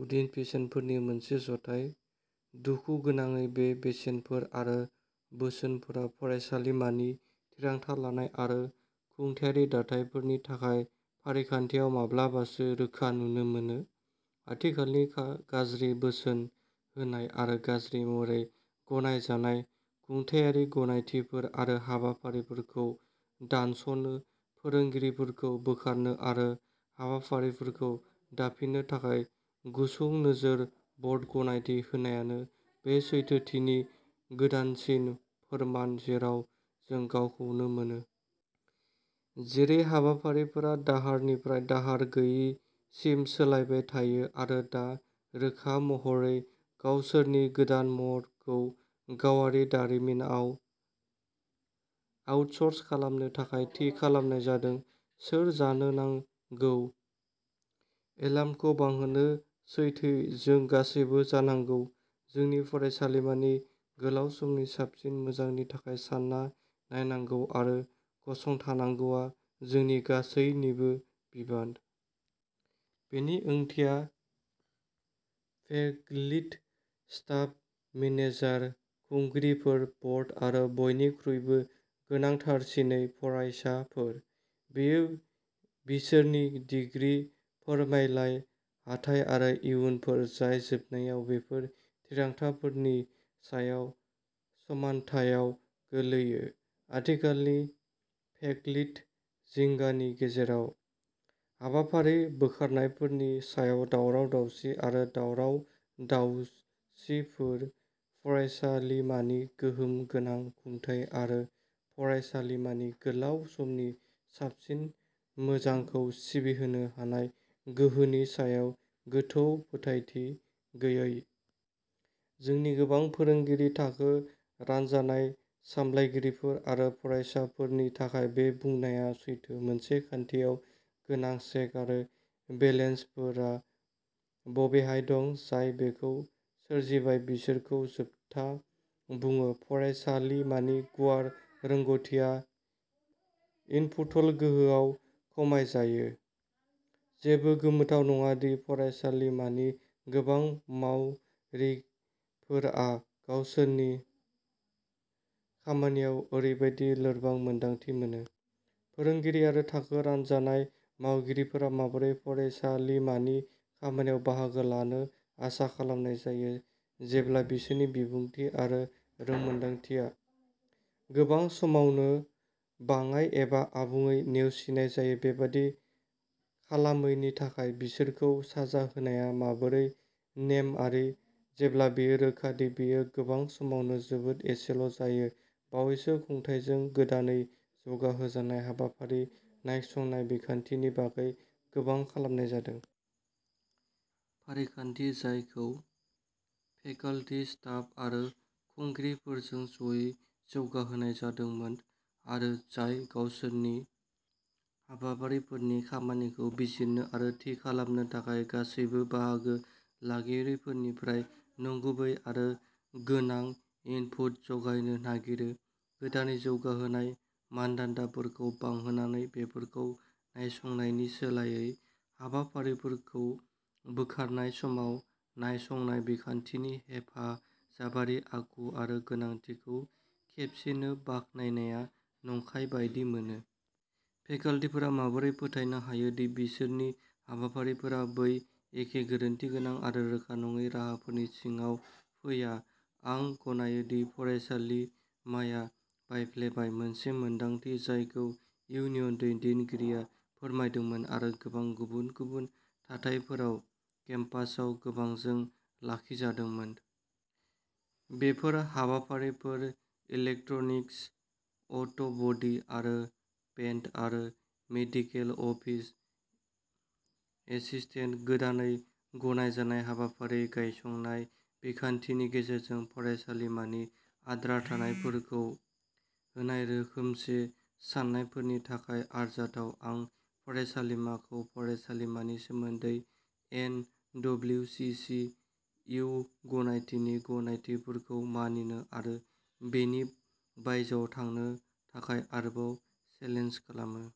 गुदि बेसेनफोरनि मोनसे जथाय। दुखुगोनाङै बे बेसेनफोर आरो बोसोनफोरा फरायसालिमानि थिरांथा लानाय आरो खुंथायारि दाथायफोरनि थाखाय फारिखान्थियाव माब्लाबासो रोखा नुनो मोनो। आथिखालनि गाज्रि बोसोन होनाय आरो गाज्रि महरै गनायजानाय खुंथायारि गनायथिफोर आरो हाबाफारिफोरखौ दानस'नो, फोरोंगिरिफोरखौ बोखारनो आरो हाबाफारिफोरखौ दाफिननो थाखाय गुसुं नोजोर बर्ड गनायथि होनायानो बे सैथोथिनि गोदानसिन फोरमान जेराव जों गावखौनो मोनो। जेरै हाबाफारिफोरा दाहारनिफ्राय दाहार गैयैसिम सोलायबाय थायो, आरो दा रोखा महरै गावसोरनि गोदान महरखौ गावारि दारिमिनाव आउटस'र्स खालामनो थाखाय थि खालामनाय जादों, सोर जानो नांगौ एलार्मखौ बांहोनो सैथोयै, जों गासैबो जानांगौ। जोंनि फरायसालिमानि गोलाव समनि साबसिन मोजांनि थाखाय सानना नायनांगौ आरो गसंथानांगौआ जोंनि गासैनिबो बिबान। बेनि ओंथिया फेकल्टि, स्टाफ, मेनेजार, खुंगिरिफोर, बर्ड आरो, बयनिख्रुइबो गोनांथारसिनै, फरायसाफोर। बेयो बिसोरनि डिग्री, फोरमानलाइ, हाथाइ आरो इयुनफोर जाय जोबनायाव बेफोर थिरांथाफोरनि सायाव समान्थायाव गोलैयो। आथिखालनि फेकल्टि जिंगानि गेजेराव। हाबाफारि बोखारनायफोरनि सायाव दावराव-दावसि आरो दावराव-दावसिफोरा फरायसालिमानि गोहोम गोनां खुंथाय आरो फरायसालिमानि गोलाव समनि साबसिन मोजांखौ सिबिहोनो हानाय गोहोनि सायाव गोथौ फोथायथि गैयै। जोंनि गोबां फोरोंगिरि, थाखो रानजानाय, सामलायगिरिफोर आरो फरायसाफोरनि थाखाय, बे बुंनाया सैथो। मोनसे खान्थियाव गोनां चेक आरो बेलेन्सफोरा बबेहाय दं, जाय बेखौ सोरजिबाय बिसोरखौ जोबथा बुङो फरायसालिमानि गुवार रोंग'थिआ इनपुटल' गोहोआव खमायजायो। जेबो गोमोथाव नङा दि फरायसालिमानि गोबां मावगिरिफोरा गावसोरनि खामानियाव ओरैबादि लोरबां मोन्दांथि मोनो। फोरोंगिरि आरो थाखो रानजानाय मावगिरिफोरा माबोरै फरायसालिमानि खामानियाव बाहागो लानो आसा खालामनाय जायो, जेब्ला बिसोरनि बिबुंथि आरो रोंमोनदांथिया गोबां समावनो बाङाइ एबा आबुङै नेवसिनाय जायो बेबादि खालामैनि थाखाय बिसोरखौ साजा होनाया माबोरै नेमआरि, जेब्ला बेयो रोखा दि बेयो गोबां समावनो जोबोद एसेल' जायो बावैसो खुंथायजों गोदानै जौगाहोजानाय हाबाफारि नायसंनाय बिखान्थिनि बागै गोबां खालामनाय जादों। फारिखान्थि जायखौ फेकल्टी, स्टाफ आरो खुंगिरिफोरजों ज'यै जौगाहोनाय जादोंमोन आरो जाय गावसोरनि हाबाफारिफोरनि खामानिखौ बिजिरनो आरो थि खालामनो थाखाय गासैबो बाहागो लागिरिफोरनिफ्राय नंगुबै आरो गोनां इनपुट जगायनो नागिरो। गोदानै जौगाहोनाय मानदान्दाफोरखौ बाहायनानै बेफोरखौ नायसंनायनि सोलायै हाबाफारिफोरखौ बोखारनाय समाव नायसंनाय बिखान्थिनि हेफाजाबारि आखु आरो गोनांथिखौ खेबसेनो बाख्नायनाया नंखाय बायदि मोनो। फेकल्टीफोरा माबोरै फोथायनो हायो दि बिसोरनि हाबाफारिफोरा बै एखे गोरोन्थिगोनां आरो रोखा नङै राहाफोरनि सिङाव फैया आं गनायो दि फरायसालिमाया बायफ्लेबाय, मोनसे मोनदांथि जायखौ इउनियन दैदेनगिरिया फोरमायदोंमोन आरो गोबां गुबुन गुबुन थाथायफोराव केम्पासआव गोबांजों लाखिजादोंमोन। बेफोर हाबाफारिफोर इलेक्ट्रनिक्स, अट'बडी आरो पेन्ट आरो मेडिकेल अफिस एसिस्टेन्ट, गोदानै गनायजानाय हाबाफारि नायसंनाय बिखान्थिनि गेजेरजों फरायसालिमानि आद्रा थानायफोरखौ होनाय रोखोमसे साननायफोरनि थाखाय आरजाथाव। आं फरायसालिमाखौ फरायसालिमानि सोमोन्दै N W C C U गनायथिनि गनायथिफोरखौ मानिनो आरो बेनि बायजोआव थांनो थाखाय आरोबाव चेलेन्ज खालामो।